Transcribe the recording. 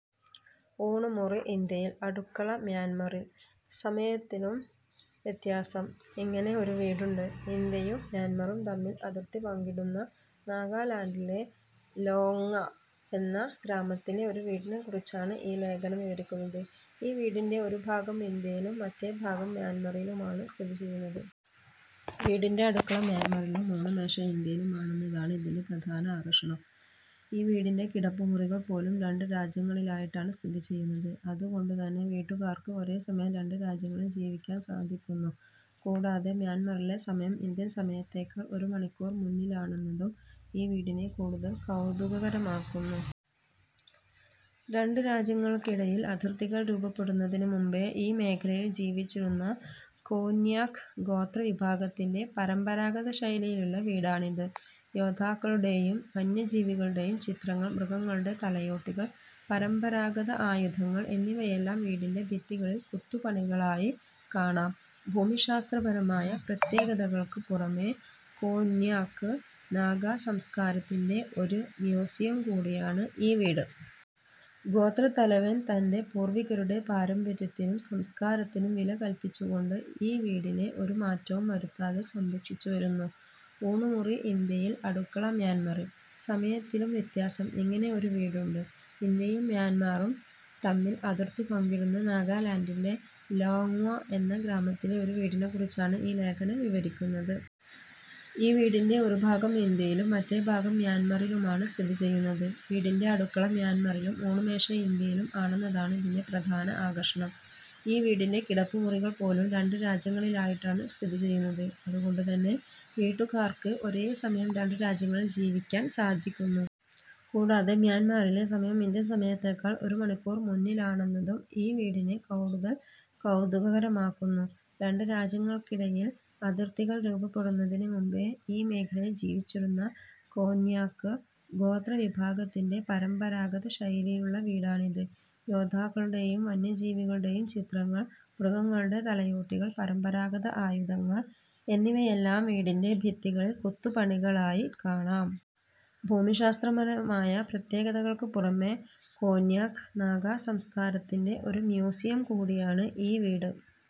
ഊണുമുറി ഇന്ത്യയിൽ, അടുക്കള മ്യാൻമറിൽ! സമയത്തിലും വ്യത്യാസം; ഇങ്ങനെ ഒരു വീടുണ്ട് ഇന്ത്യയും മ്യാൻമാറും തമ്മിൽ അതിർത്തി പങ്കിടുന്ന നാഗാലാൻഡിലെ ലോങ്ങ്വ എന്ന ഗ്രാമത്തിലെ ഒരു വീടിനെക്കുറിച്ചാണ് ഈ ലേഖനം വിവരിക്കുന്നത്. ഈ വീടിന്റെ ഒരു ഭാഗം ഇന്ത്യയിലും മറ്റേ ഭാഗം മ്യാൻമാറിലുമാണ് സ്ഥിതി ചെയ്യുന്നത്. വീടിന്റെ അടുക്കള മ്യാൻമാറിലും ഊണുമേശ ഇന്ത്യയിലും ആണെന്നതാണ് ഇതിലെ പ്രധാന ആകർഷണം. ഈ വീടിന്റെ കിടപ്പുമുറികൾ പോലും രണ്ട് രാജ്യങ്ങളിലായിട്ടാണ് സ്ഥിതി ചെയ്യുന്നത്. അതുകൊണ്ട് തന്നെ വീട്ടുകാർക്ക് ഒരേ സമയം രണ്ട് രാജ്യങ്ങളിൽ ജീവിക്കാൻ സാധിക്കുന്നു. കൂടാതെ, മ്യാൻമാറിലെ സമയം ഇന്ത്യൻ സമയത്തേക്കാൾ ഒരു മണിക്കൂർ മുന്നിലാണെന്നതും ഈ വീടിനെ കൂടുതൽ കൗതുകകരമാക്കുന്നു. രണ്ട് രാജ്യങ്ങൾക്കിടയിൽ അതിർത്തികൾ രൂപപ്പെടുന്നതിന് മുമ്പേ ഈ മേഖലയിൽ ജീവിച്ചിരുന്ന കോന്യാക് ഗോത്ര വിഭാഗത്തിന്റെ പരമ്പരാഗത ശൈലിയിലുള്ള വീടാണിത്. യോദ്ധാക്കളുടെയും വന്യജീവികളുടെയും ചിത്രങ്ങൾ, മൃഗങ്ങളുടെ തലയോട്ടികൾ, പരമ്പരാഗത ആയുധങ്ങൾ എന്നിവയെല്ലാം വീടിന്റെ ഭിത്തികളിൽ കൊത്തുപണികളായി കാണാം. ഭൂമിശാസ്ത്രപരമായ പ്രത്യേകതകൾക്ക് പുറമെ, കോന്യാക് നാഗാ സംസ്കാരത്തിന്റെ ഒരു മ്യൂസിയം കൂടിയാണ് ഈ വീട്. ഗോത്രത്തലവൻ തന്റെ പൂർവ്വികരുടെ പാരമ്പര്യത്തിനും സംസ്കാരത്തിനും വില കൽപ്പിച്ചു കൊണ്ട് ഈ വീടിനെ ഒരു മാറ്റവും വരുത്താതെ സംരക്ഷിച്ചു വരുന്നു. ഊണുമുറി ഇന്ത്യയിൽ, അടുക്കള മ്യാൻമറിൽ! സമയത്തിലും വ്യത്യാസം; ഇങ്ങനെ ഒരു വീടുണ്ട് ഇന്ത്യയും മ്യാൻമാറും തമ്മിൽ അതിർത്തി പങ്കിടുന്ന നാഗാലാൻഡിലെ ലോങ്ങ്വ എന്ന ഗ്രാമത്തിലെ ഒരു വീടിനെക്കുറിച്ചാണ് ഈ ലേഖനം വിവരിക്കുന്നത്. ഈ വീടിന്റെ ഒരു ഭാഗം ഇന്ത്യയിലും മറ്റേ ഭാഗം മ്യാൻമാറിലുമാണ് സ്ഥിതി ചെയ്യുന്നത്. വീടിന്റെ അടുക്കള മ്യാൻമാറിലും ഊണുമേശ ഇന്ത്യയിലും ആണെന്നതാണ് ഇതിലെ പ്രധാന ആകർഷണം. ഈ വീടിന്റെ കിടപ്പുമുറികൾ പോലും രണ്ട് രാജ്യങ്ങളിലായിട്ടാണ് സ്ഥിതി ചെയ്യുന്നത്. അതുകൊണ്ട് തന്നെ വീട്ടുകാർക്ക് ഒരേ സമയം രണ്ട് രാജ്യങ്ങളിൽ ജീവിക്കാൻ സാധിക്കുന്നു. കൂടാതെ, മ്യാൻമാറിലെ സമയം ഇന്ത്യൻ സമയത്തേക്കാൾ ഒരു മണിക്കൂർ മുന്നിലാണെന്നതും ഈ വീടിനെ കൂടുതൽ കൗതുകകരമാക്കുന്നു. രണ്ട് രാജ്യങ്ങൾക്കിടയിൽ അതിർത്തികൾ രൂപപ്പെടുന്നതിന് മുമ്പേ ഈ മേഖലയിൽ ജീവിച്ചിരുന്ന കോന്യാക് ഗോത്ര വിഭാഗത്തിന്റെ പരമ്പരാഗത ശൈലിയിലുള്ള വീടാണിത്. യോദ്ധാക്കളുടെയും വന്യജീവികളുടെയും ചിത്രങ്ങൾ, മൃഗങ്ങളുടെ തലയോട്ടികൾ, പരമ്പരാഗത ആയുധങ്ങൾ എന്നിവയെല്ലാം വീടിന്റെ ഭിത്തികളിൽ കൊത്തുപണികളായി കാണാം. ഭൂമിശാസ്ത്രപരമായ പ്രത്യേകതകൾക്ക് പുറമെ, കോന്യാക് നാഗാ സംസ്കാരത്തിന്റെ ഒരു മ്യൂസിയം കൂടിയാണ് ഈ വീട്.